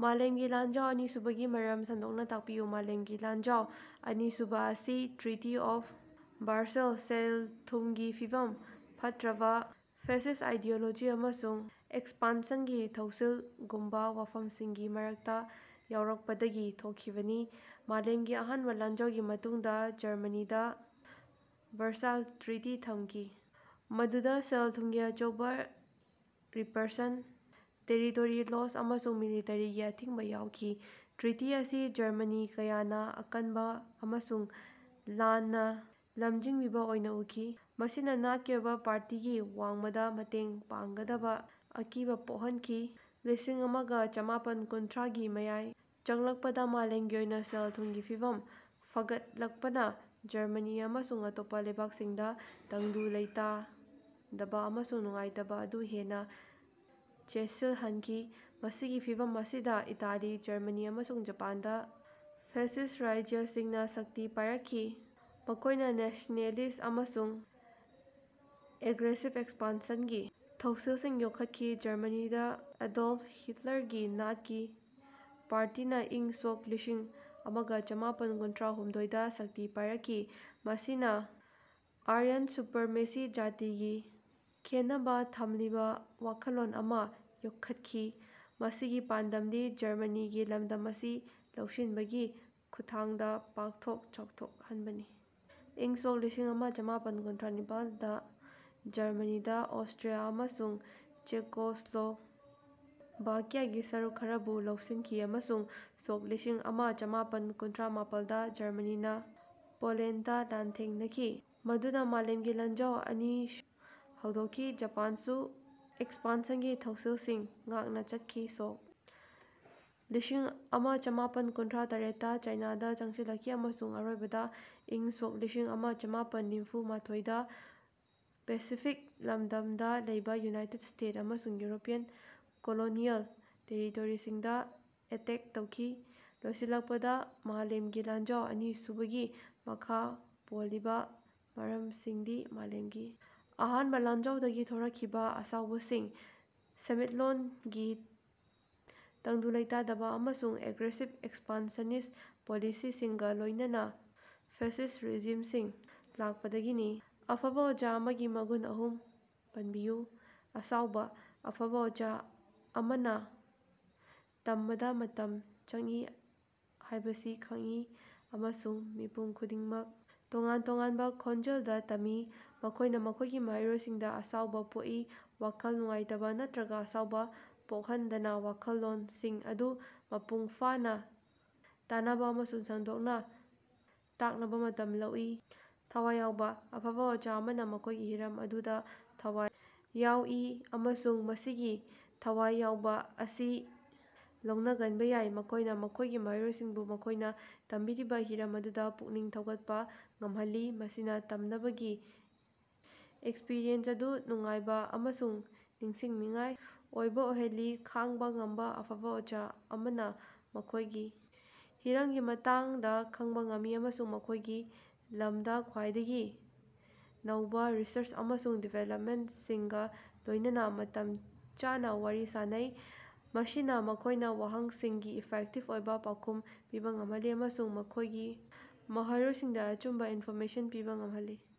ꯃꯥꯂꯦꯝꯒꯤ ꯂꯥꯟꯖꯥꯎ ꯑꯅꯤꯁꯨꯕꯒꯤ ꯃꯔꯝ ꯁꯟꯗꯣꯛꯅꯥ ꯇꯥꯛꯄꯤꯌꯨ꯫ ꯃꯥꯂꯦꯝꯒꯤ ꯂꯥꯟꯖꯥꯎ ꯑꯅꯤꯁꯨꯕꯥ ꯑꯁꯤ ꯇ꯭ꯔꯤꯇꯤ ꯑꯣꯐ ꯕꯔꯁꯥꯏꯜ, ꯁꯦꯜ-ꯊꯨꯝꯒꯤ ꯐꯤꯕꯝ ꯐꯠꯇ꯭ꯔꯕ, ꯐꯦꯁꯤꯁ ꯑꯥꯏꯗꯤꯑꯣꯂꯣꯖꯤ ꯑꯃꯁꯨꯡ ꯑꯦꯛꯁꯄꯥꯟꯁꯟꯒꯤ ꯊꯧꯁꯤꯜꯁꯤꯡꯒꯨꯝꯕꯥ ꯋꯥꯐꯝꯁꯤꯡꯒꯤ ꯃꯔꯛꯇꯥ ꯌꯥꯎꯔꯛꯄꯗꯒꯤ ꯊꯣꯛꯈꯤꯕꯅꯤ꯫ ꯃꯥꯂꯦꯝꯒꯤ ꯑꯍꯥꯟꯕ ꯂꯥꯟꯖꯥꯎꯒꯤ ꯃꯇꯨꯡꯗꯥ ꯖꯔꯃꯅꯤꯗꯥ ꯕꯔꯁꯥꯏꯜꯒꯤ ꯇ꯭ꯔꯤꯇꯤ ꯊꯝꯈꯤ, ꯃꯗꯨꯗꯥ ꯁꯦꯜ-ꯊꯨꯝꯒꯤ ꯑꯆꯧꯕ ꯔꯤꯄ꯭ꯔꯦꯁꯟ, ꯇꯦꯔꯤꯇꯣꯔꯤ ꯂꯣꯁ ꯑꯃꯁꯨꯡ ꯃꯤꯂꯤꯇꯔꯤꯒꯤ ꯑꯊꯤꯡꯕ ꯌꯥꯎꯈꯤ꯫ ꯇ꯭ꯔꯤꯇꯤ ꯑꯁꯤ ꯖꯔꯃꯅꯤ ꯀꯌꯥꯅꯥ ꯑꯀꯟꯕꯥ ꯑꯃꯁꯨꯡ ꯂꯥꯟꯅꯥ ꯂꯝꯖꯤꯡꯕꯤꯕꯥ ꯑꯣꯏꯅꯥ ꯎꯈꯤ, ꯃꯁꯤꯅꯥ ꯅꯥꯠꯀꯤ ꯑꯣꯏꯕꯥ ꯄꯥꯔꯇꯤꯒꯤ ꯋꯥꯡꯃꯗꯥ ꯃꯇꯦꯡ ꯄꯥꯡꯒꯗꯕꯥ ꯑꯀꯤꯕꯥ ꯄꯣꯛꯍꯟꯈꯤ꯫ꯂꯤꯁꯤꯡ ꯑꯃꯥ ꯆꯥꯃꯥꯄꯟ ꯀꯨꯟꯊ꯭ꯔꯥꯒꯤ ꯃꯌꯥꯏ ꯆꯜꯂꯛꯄꯗꯥ ꯃꯥꯂꯦꯝꯒꯤ ꯑꯣꯏꯅꯥ ꯁꯦꯜ-ꯊꯨꯝꯒꯤ ꯐꯤꯚꯝ ꯐꯒꯠꯂꯛꯄꯅꯥ ꯖꯔꯃꯅꯤ ꯑꯃꯁꯨꯡ ꯑꯇꯣꯞꯄꯥ ꯂꯩꯕꯥꯛꯁꯤꯡꯗꯥ ꯇꯪꯗꯨ ꯂꯩꯇꯥꯗꯕꯥ ꯑꯃꯁꯨꯡ ꯅꯨꯡꯉꯥꯏꯇꯕꯥ ꯑꯗꯨ ꯍꯦꯟꯅꯥ ꯆꯦꯠꯁꯤꯜꯍꯟꯈꯤ꯫ ꯃꯁꯤꯒꯤ ꯐꯤꯚꯝ ꯑꯁꯤꯗꯥ ꯏꯇꯥꯂꯤ, ꯖꯔꯃꯅꯤ ꯑꯃꯁꯨꯡ ꯖꯄꯥꯟꯗ ꯐꯦꯁꯤꯁ ꯔꯥꯖ꯭ꯌꯁꯤꯡꯅꯥ ꯁꯛꯇꯤ ꯄꯥꯏꯔꯛꯈꯤ, ꯃꯈꯣꯏꯅ ꯅꯦꯁꯅꯦꯂꯤꯁ ꯑꯃꯁꯨꯡ ꯑꯦꯒ꯭ꯔꯦꯁꯤꯞ ꯑꯦꯛꯁꯄꯥꯟꯁꯟꯒꯤ ꯊꯧꯁꯤꯜꯁꯤꯡ ꯌꯣꯛꯈꯠꯈꯤ꯫ ꯖꯔꯃꯅꯤꯗꯥ ꯑꯦꯗꯣꯜꯐ ꯍꯤꯠꯂꯔꯒꯤ ꯅꯥꯠꯀꯤ ꯄꯥꯔꯇꯤꯅꯥ ꯏꯪ ꯁꯣꯛ ꯂꯤꯁꯤꯡ ꯑꯃꯒꯥ ꯆꯃꯥꯄꯟ ꯀꯨꯟꯊ꯭ꯔꯥꯍꯨꯝꯗꯣꯏꯗꯥ ꯁꯛꯇꯤ ꯄꯥꯏꯔꯛꯈꯤ, ꯃꯁꯤꯅꯥ ꯑꯥꯔꯌꯟ ꯁꯨꯄꯔꯃꯦꯁꯤꯒꯤ ꯖꯥꯇꯤꯒꯤ ꯈꯦꯟꯅꯕꯥ ꯊꯝꯂꯤꯕꯥ ꯋꯥꯈꯜꯂꯣꯟ ꯑꯃꯥ ꯌꯣꯛꯈꯠꯈꯤ, ꯃꯁꯤꯒꯤ ꯄꯥꯟꯗꯝꯗꯤ ꯖꯔꯃꯅꯤꯒꯤ ꯂꯝꯗꯝ ꯑꯁꯤ ꯂꯧꯁꯤꯟꯕꯒꯤ ꯈꯨꯠꯊꯥꯡꯗꯥ ꯄꯥꯛꯊꯣꯛ ꯆꯥꯎꯊꯣꯛꯍꯟꯕꯅꯤ꯫ ꯏꯪ ꯁꯣꯛ ꯂꯤꯁꯤꯡ ꯑꯃꯥ ꯆꯃꯥꯄꯟ ꯀꯨꯟꯊ꯭ꯔꯥꯅꯤꯄꯥꯜꯗꯥ ꯖꯔꯃꯅꯤꯅꯥ ꯑꯣꯁꯇ꯭ꯔꯤꯌꯥ ꯑꯃꯁꯨꯡ ꯆꯦꯀꯣꯁ꯭ꯂꯣꯚꯥꯀꯤꯌꯥꯒꯤ ꯁꯔꯨꯛ ꯈꯔꯕꯨ ꯂꯧꯁꯤꯟꯈꯤ ꯑꯃꯁꯨꯡ ꯁꯣꯛ ꯂꯤꯁꯤꯡ ꯑꯃꯥ ꯆꯃꯥꯄꯟ ꯀꯨꯟꯊ꯭ꯔꯥꯃꯄꯜꯗꯥ ꯖꯔꯃꯅꯤꯅꯥ ꯄꯣꯂꯦꯟꯗꯇꯥ ꯂꯥꯟꯊꯦꯡꯅꯈꯤ, ꯃꯗꯨꯅꯥ ꯃꯥꯂꯦꯝꯒꯤ ꯂꯥꯟꯖꯥꯎ ꯑꯅꯤꯁꯨꯕꯥ ꯍꯧꯗꯣꯛꯈꯤ꯫ ꯖꯄꯥꯟꯁꯨ ꯑꯦꯛꯁꯄꯥꯟꯁꯟꯒꯤ ꯊꯧꯁꯤꯜꯁꯤꯡ ꯉꯥꯛꯅꯥ ꯆꯠꯈꯤ, ꯁꯣꯛ ꯂꯤꯁꯤꯡ ꯑꯃꯥ ꯆꯃꯥꯄꯟ ꯀꯨꯟꯊ꯭ꯔꯥꯇꯔꯦꯠꯇꯥ ꯆꯥꯏꯅꯥꯗꯥ ꯆꯪꯁꯤꯜꯂꯛꯈꯤ ꯑꯃꯁꯨꯡ ꯑꯔꯣꯏꯕꯗꯥ ꯏꯪ ꯁꯣꯛ ꯂꯤꯁꯤꯡ ꯑꯃꯥ ꯆꯃꯥꯄꯟ ꯅꯤꯐꯨꯃꯊꯣꯏꯗꯥ ꯄꯦꯁꯤꯐꯤꯛ ꯂꯝꯗꯝꯗꯥ ꯂꯩꯕꯥ ꯌꯨꯅꯥꯏꯇꯦꯠ ꯁ꯭ꯇꯦꯠꯁ ꯑꯃꯁꯨꯡ ꯌꯨꯔꯣꯄꯤꯌꯟ ꯀꯣꯂꯣꯅꯤꯑꯦꯜ ꯇꯦꯔꯤꯇꯣꯔꯤꯁꯤꯡꯗꯥ ꯑꯦꯇꯦꯛ ꯇꯧꯈꯤ, ꯂꯣꯏꯁꯤꯜꯂꯛꯄꯗꯥ, ꯃꯥꯂꯦꯝꯒꯤ ꯂꯥꯟꯖꯥꯎ ꯑꯅꯤꯁꯨꯕꯒꯤ ꯃꯈꯥ ꯄꯣꯜꯂꯤꯕꯥ ꯃꯔꯝꯁꯤꯡꯗꯤ ꯃꯥꯂꯦꯝꯒꯤ ꯑꯍꯥꯟꯕ ꯂꯥꯟꯖꯥꯎꯗꯒꯤ ꯊꯣꯔꯛꯈꯤꯕ ꯑꯁꯥꯎꯕꯁꯤꯡ, ꯁꯦꯟꯃꯤꯠꯂꯣꯟꯒꯤ ꯇꯪꯗꯨ ꯂꯩꯇꯥꯗꯕ ꯑꯃꯁꯨꯡ ꯑꯦꯒ꯭ꯔꯦꯁꯤꯕ ꯑꯦꯛꯁꯄꯥꯟꯁꯅꯤꯁ ꯄꯣꯂꯤꯁꯤꯁꯤꯡꯒꯥ ꯂꯣꯏꯅꯅꯥ ꯐꯦꯁꯤꯁ ꯔꯦꯖꯤꯝꯁꯤꯡ ꯂꯥꯛꯄꯥꯗꯒꯤꯅꯤ꯫ ꯑꯐꯕꯥ ꯑꯣꯖꯥ ꯑꯃꯒꯤ ꯃꯒꯨꯟ ꯑꯍꯨꯝ ꯄꯟꯕꯤꯌꯨ꯫ ꯑꯁꯥꯎꯕꯥ: ꯑꯐꯕꯥ ꯑꯣꯖꯥ ꯑꯃꯅꯥ ꯇꯝꯕꯗꯥ ꯃꯇꯝ ꯆꯪꯏ ꯍꯥꯏꯕꯁꯤ ꯈꯪꯏ ꯑꯃꯁꯨꯡ ꯃꯤꯄꯨꯝ ꯈꯨꯗꯤꯡꯃꯛ ꯇꯣꯉꯥꯟ ꯇꯣꯉꯥꯟꯕ ꯈꯣꯡꯖꯦꯜꯗꯥ ꯇꯝꯃꯤ꯫ ꯃꯈꯣꯏꯅꯥ ꯃꯈꯣꯏꯒꯤ ꯃꯍꯩꯔꯣꯏꯁꯤꯡꯗꯥ ꯑꯁꯥꯎꯕ ꯄꯣꯛꯏ, ꯋꯥꯈꯜ ꯅꯨꯡꯉꯥꯏꯇꯕꯥ ꯅꯠꯇ꯭ꯔꯒꯥ ꯑꯁꯥꯎꯕ ꯄꯣꯛꯍꯟꯗꯅꯥ ꯋꯥꯈꯜꯂꯣꯟꯁꯤꯡ ꯑꯗꯨ ꯃꯄꯨꯡ ꯐꯥꯅꯥ ꯇꯥꯅꯕꯥ ꯑꯃꯁꯨꯡ ꯁꯟꯗꯣꯛꯅꯥ ꯇꯥꯛꯅꯕꯥ ꯃꯇꯝ ꯂꯧꯏ꯫ ꯊꯋꯥꯏ ꯌꯥꯎꯕꯥ: ꯑꯐꯕꯥ ꯑꯣꯖꯥ ꯑꯃꯅꯥ ꯃꯈꯣꯏꯒꯤ ꯍꯤꯔꯝ ꯑꯗꯨꯗꯥ ꯊꯋꯥꯏ ꯌꯥꯎꯏ ꯑꯃꯁꯨꯡ ꯃꯁꯤꯒꯤ ꯊꯋꯥꯏ ꯌꯥꯎꯕꯥ ꯑꯁꯤ ꯂꯧꯅꯒꯟꯕꯥ ꯌꯥꯏ꯫ ꯃꯈꯣꯏꯅꯥ ꯃꯈꯣꯏꯒꯤ ꯃꯍꯩꯔꯣꯏꯁꯤꯡꯕꯨ ꯃꯈꯣꯏꯅꯥ ꯇꯝꯕꯤꯔꯤꯕꯥ ꯍꯤꯔꯝ ꯑꯗꯨꯗꯥ ꯄꯨꯛꯅꯤꯡ ꯊꯧꯒꯠꯄꯥ ꯉꯝꯍꯜꯂꯤ, ꯃꯁꯤꯅꯥ ꯇꯝꯅꯕꯒꯤ ꯑꯦꯛꯁꯄ꯭ꯔꯤꯌꯦꯟꯁ ꯑꯗꯨ ꯅꯨꯡꯉꯥꯏꯕ ꯑꯃꯁꯨꯡ ꯅꯤꯡꯁꯤꯡꯅꯤꯡꯉꯥꯏ ꯑꯣꯏꯕ ꯑꯣꯏꯍꯜꯂꯤ꯫ ꯈꯪꯕꯥ ꯉꯝꯕꯥ: ꯑꯐꯕꯥ ꯑꯣꯖꯥ ꯑꯃꯅꯥ ꯃꯈꯣꯏꯒꯤ ꯍꯤꯔꯝꯒꯤ ꯃꯇꯥꯡꯗꯥ ꯈꯪꯕꯥ ꯉꯝꯃꯤ ꯑꯃꯁꯨꯡ ꯃꯈꯣꯏꯒꯤ ꯂꯝꯗꯥ ꯈ꯭ꯋꯥꯏꯗꯒꯤ ꯅꯧꯕꯥ ꯔꯤꯁꯔꯆ ꯑꯃꯁꯨꯡ ꯗꯤꯕꯦꯂꯞꯃꯦꯟꯇꯁꯤꯡꯒꯥ ꯂꯣꯏꯅꯅꯥ ꯃꯇꯝ ꯆꯥꯅꯥ ꯋꯥꯔꯤ ꯁꯥꯅꯩ꯫ ꯃꯁꯤꯅꯥ ꯃꯈꯣꯏꯅꯥ ꯋꯥꯍꯪꯁꯤꯡꯒꯤ ꯏꯐꯦꯛꯇꯤꯕ ꯑꯣꯏꯅꯥ ꯄꯥꯎꯈꯨꯝ ꯄꯤꯕꯥ ꯉꯝꯍꯜꯂꯤ ꯑꯃꯁꯨꯡ ꯃꯈꯣꯏꯒꯤ ꯃꯍꯩꯔꯣꯏꯁꯤꯡꯗꯥ ꯑꯆꯨꯝꯕꯥ ꯏꯟꯐꯣꯔꯃꯦꯁꯟ ꯄꯤꯕꯥ ꯉꯝꯍꯜꯂꯤ꯫